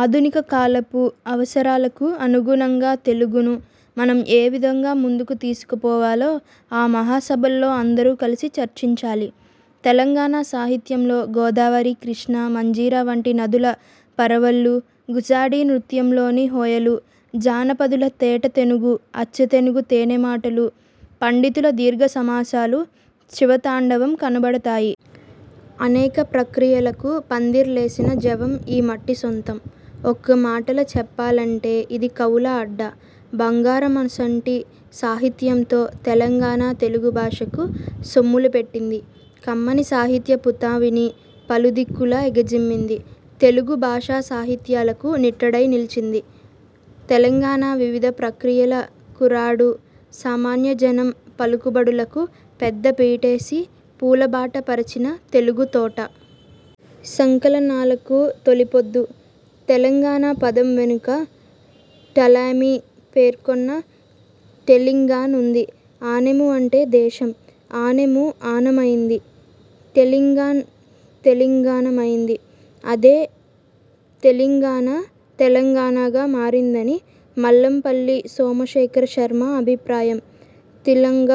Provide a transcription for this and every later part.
ఆధునిక కాలపు అవసరాలకు అనుగుణంగా తెలుగును మనం ఏవిధంగా ముందుకు తీసుకుపోవాలో ఆ మహాసభల్లో అందరం కలిసి చర్చించాలి. తెలంగాణ సాహిత్యంలో గోదావరి, కృష్ణ, మంజీర వంటి నదుల పరవళ్లు, గుస్సాడి నృత్యంలోని హొయలు, జానపదుల తేట తెనుగు, అచ్చతెనుగు తేనెమాటలు, పండితుల దీర్ఘ సమాసాల శివతాండవం కనబడుతయి. అనేక ప్రక్రియలకు పందిర్లేసిన జవం ఈ మట్టి సొంతం. ఒక్కమాటల చెప్పాలంటె ఇది కవుల అడ్డా. బంగారమసంటి సాహిత్యంతో తెలంగాణ తెలుగుభాషకు సొమ్ములుపెట్టింది. కమ్మని సాహిత్య పుతావిని పలుదిక్కుల ఎగజిమ్మింది. తెలుగు భాషాసాహిత్యాలకు నిట్టాడైనిల్చింది. తెలంగాణ వివిధ ప్రక్రియల కూరాడు. సామాన్యజనం పలుకుబడులకు పెద్దపీటేసి పూలబాట పరిచిన తెలుగుతోట. సంకలనాలకు తొలిపొద్దు. 'తెలంగాణ' పదం వెనుక టాలెమీ పేర్కొన్న 'టెలింగాన్' ఉంది. ఆణెము అంటే దేశం. ఆణెము ఆణమైంది. టెలింగాన్ తిలింగాణమైంది. అదే తిలింగానా, తెలంగాణగా మారిందని మల్లంపల్లి సోమశేఖరశర్మ అభిప్రాయం. తిలంగ,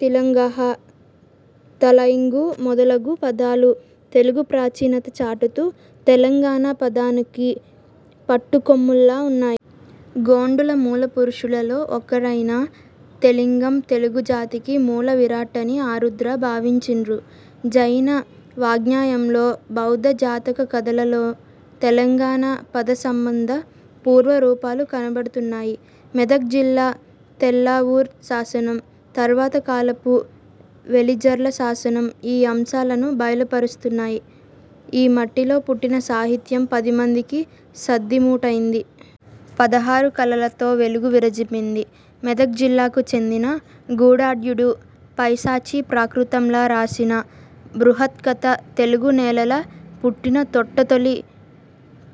తిలింగాః, తలైంగు మొద లగు పదాలు తెలుగు ప్రాచీనతను చాటుతూ 'తెలంగాణ' పదానికి పట్టుకొమ్మల్లా ఉన్నయి. గోండుల మూల పురుషులలో ఒకరైన 'తెలింగం' తెలుగు జాతికి మూలవిరాట్టని ఆరుద్ర భావించిన్రు. జైన వాజ్ఞయంలో, బౌద్ధ జాతక కథలలో తెలంగాణ పద సంబంధ పూర్వ రూపాలు కనబడుతున్నయి. మెదక్ జిల్లా తెల్లాపూర్ శాసనం, తర్వాత కాలపు వెలిజర్ల శాసనం ఈ అంశాలను బలపరుస్తున్నయి. ఈ మట్టిలో పుట్టిన సాహిత్యం పదిమందికి సద్దిమూటైంది. పదహారు కళలతో వెలుగులు విరజిమ్మింది. మెదక్ జిల్లాకు చెందిన గుణాఢ్యుడు పైశాచీ ప్రాకృతంల రాసిన బృహ త్కథ తెలుగు నేలల పుట్టిన తొట్టతొలి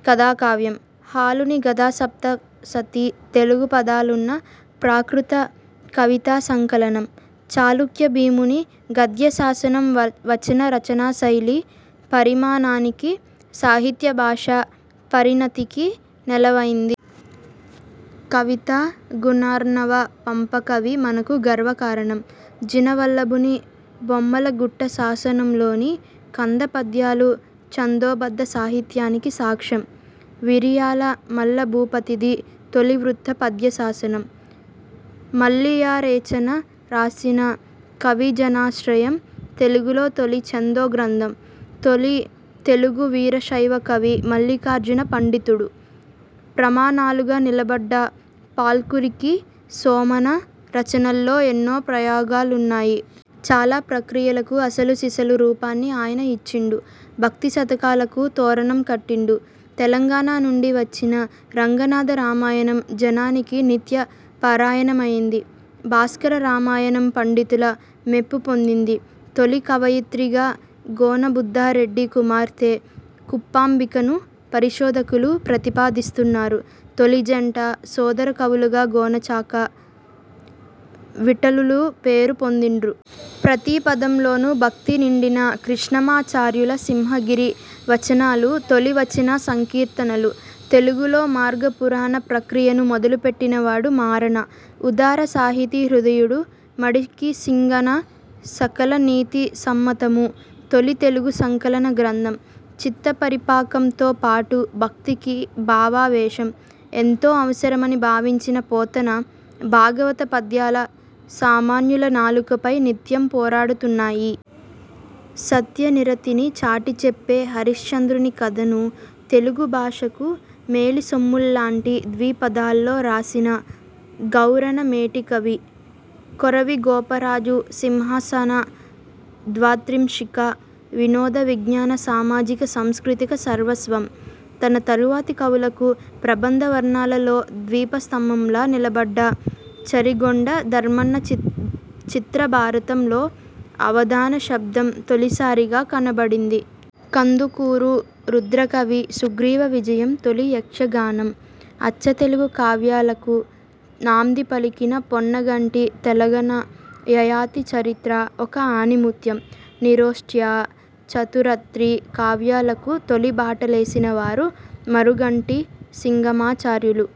కథాకావ్యం. హాలుని గాథాసప్తశతి తెలుగు పదాలున్న ప్రాకృత కవితాసంకలనం. చాళుక్య భీముని గద్యశాసనం వచన రచనాశైలి పరిణామానికి, సాహిత్య భాషా పరిణతికి నెలవైంది. కవితా గుణార్ణవ పంపకవి మనకు గర్వకారణం. జినవల్లభుని బొమ్మల గుట్ట శాసనంలోని కందపద్యాలు ఛందోబద్ధ సాహిత్యానికి సాక్ష్యం. విరియాల మల్లభూపతిది తొలి వృత్త పద్యశాసనం. మల్లియరేచన రాసిన 'కవిజనాశ్రయం' తెలుగులో తొలి ఛందో గ్రంథం. తొలి తెలుగు వీరశైవ కవి మల్లిఖార్జున పండితుడు. ప్రమాణాలుగా నిలబడ్డ పాల్కురికి సోమన రచనల్లో ఎన్నో ప్రయోగాలున్నయి. చాలా ప్రక్రియలకు అసలు సిసలు రూపాన్ని ఆయన ఇచ్చిండు. భక్తి శతకాలకు తోరణం కట్టిండు. తెలంగాణ నుండి వచ్చిన రంగనాథ రామాయణం జనానికి నిత్య పారాయణమైంది. భాస్కర రామాయణం పండితుల మెప్పు పొందింది. తొలి కవయిత్రిగా గోనబుద్ధారెడ్డి కుమార్తె కుప్పాంబికను పరిశోధకులు ప్రతిపాదిస్తున్నరు. తొలి జంట, సోదర కవులుగ గోనకాచ, విఠలులు పేరు పొందిండ్రు. ప్రతి పదంలోను భక్తి నిండిన కృష్ణమాచార్యుల సింహగిరి వచనాలు తొలి వచన సంకీర్తనలు. తెలుగులో మార్గపురాణ ప్రక్రియను మొదలుపెట్టినవాడు మారన. ఉదార సాహితీ హృదయుడు మడికిసింగన 'సకలనీతి సమ్మతము' తొలి తెలుగు సంకలన గ్రంథం. చిత్తపరిపాకంతో పాటు భక్తికి భావావేశం ఎంతో అవసరమని భావించిన పోతన భాగవత పద్యాల సామాన్యుల నాలుకలపై నిత్యం పారాడుతున్నయి. సత్యనిరతిని చాటిచెప్పే హరిశ్చంద్రుని కథను తెలుగు భాషకు మేలిసొమ్ముల్లాంటి ద్విపదల్లో రాసిన గౌరన మేటికవి. కొరవి గోపరాజు 'సింహాసన ద్వాత్రింశిక' వినోద విజ్ఞాన సామాజిక సాంస్కృతిక సర్వస్వం. తన తరువాతి కవులకు ప్రబంధ వర్ణనలలో దీపస్తంభంలా నిలబడ్డ చరిగొండ ధర్మన్న 'చిత్ర భారతం'లో అవధాన శబ్దం తొలిసారిగా కనబడింది. కందుకూరు రుద్రకవి 'సుగ్రీవ విజయం' తొలి యక్షగానం. అచ్చతెలుగు కావ్యాలకు నాందిపలికిన పొన్నగంటి తెలగన 'యయాతి చరిత్ర' ఒక ఆణిముత్యం. నిరోష్ట్య, చతురర్థి కావ్యాలకు తొలిబాటలేసినవారు మరింగంటి సింగరాచార్యులు.